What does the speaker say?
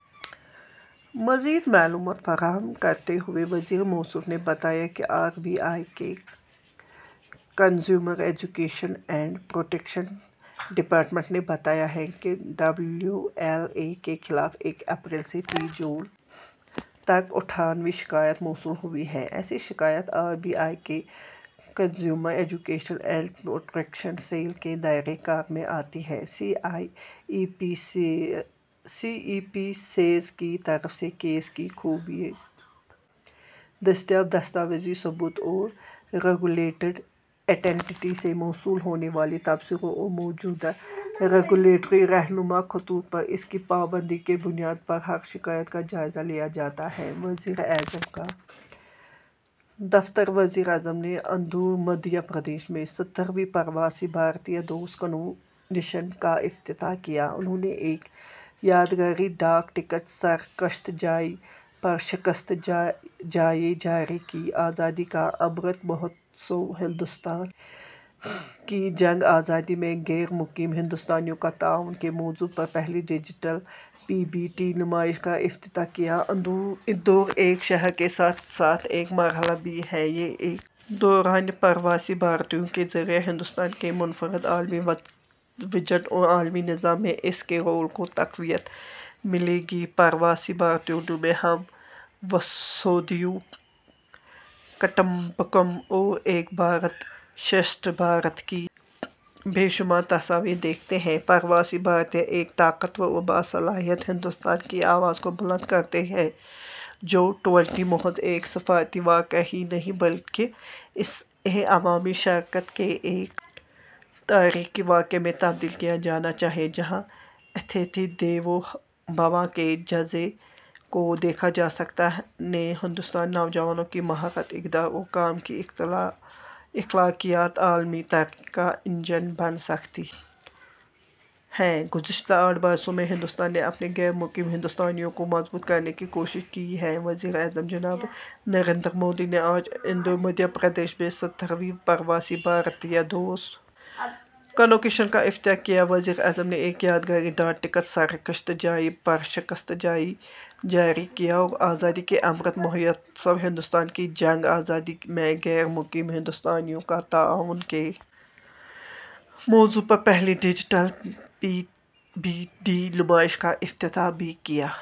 مزید معلومات فراہم کرتے ہوئے وزیر موصوف نے بتایا کہ آر بی آئی کے consumer education and protection department نے بتایا ہے کہ ڈبلیو ایل اے کے خلاف ایک اپریل سے تیس جون تک اٹھانوے شکایات موصول ہوئی ہیں ایسی شکایات آر بی آئی کے consumer education and protection cell کے دائرہ کار میں آتی ہیں سی ای پی سیز کی طرف سے کیس کی خوبیوں دستیاب دستاویزی ثبوت اور ریگولیٹڈ اینٹیٹی سے موصول ہونے والے تبصروں اور موجودہ ریگولیٹری رہنما خطوط پر اس کی پابندی کی بنیاد پر ہر شکایت کا جائزہ لیا جاتا ہے وزیر اعظم کا دفتر وزیر اعظم نے اندور مدھیہ پردیش میں سترہویں پرواسی بھارتیہ دِوس کنونشن کا افتتاح کیا انہوں نے ایک یادگاری ڈاک ٹکٹ سرکشت جائیں پرشکشت جائیں جاری کیا آزادی کا امرت مہوتسو ہندوستان کی جنگ آزادی میں غیر مقیم ہندوستانیوں کا تعاون کے موضوع پر پہلی ڈیجیٹل پی بی ڈی نمائش کا افتتاح کیا اندور ایک شہر کے ساتھ ساتھ ایک مرحلہ بھی ہے یہ ایک دوران پرواسی بھارتیوں کے ذریعہ ہندوستان کے منفرد عالمی وژن اور عالمی نظام میں اس کے رول کو تقویت ملے گی پرواسی بھارتیوں میں ہم وسودھیو کٹمبکم اور ایک بھارت شریشٹھ بھارت کی بے شمار تصاویر دیکھتے ہیں پرواسی بھارتیہ ایک طاقتور اور باصلاحیت ہندوستان کی آواز کو بلند کرتے ہیں جی ٹوئنٹی محض ایک سفارتی واقعہ ہی نہیں ہے بلکہ اسے عوامی شرکت کے ایک تاریخی واقعہ میں تبدیل کیا جانا چاہیے جہاں اتیتھی دیوو بھوا کے جذبے کو دیکھا جا سکتا ہے ہندوستانی نوجوانوں کی مہارت اقدار اور کام کی اخلاقیات عالمی ترقی کا انجن بن سکتی ہیں گزشتہ آٹھ برسوں میں ہندوستان نے اپنے غیر مقیم ہندوستانیوں کو مضبوط کرنے کی کوشش کی ہے وزیر اعظم جناب نریندر مودی نے آج اندور مدھیہ پردیش میں سترہویں پرواسی بھارتیہ دِوس کنونشن کا افتتاح کیا وزیر اعظم نے ایک یادگاری ڈاک ٹکٹ سرکشت جائیں پرشکشت جائیں جاری کیا اور آزادی کا امرت مہوتسو ہندوستان کی جنگ آزادی میں غیر مقیم ہندوستانیوں کا تعاون کے موضوع پر پہلی ڈیجیٹل پی بی ڈی نمائش کا افتتاح بھی کیا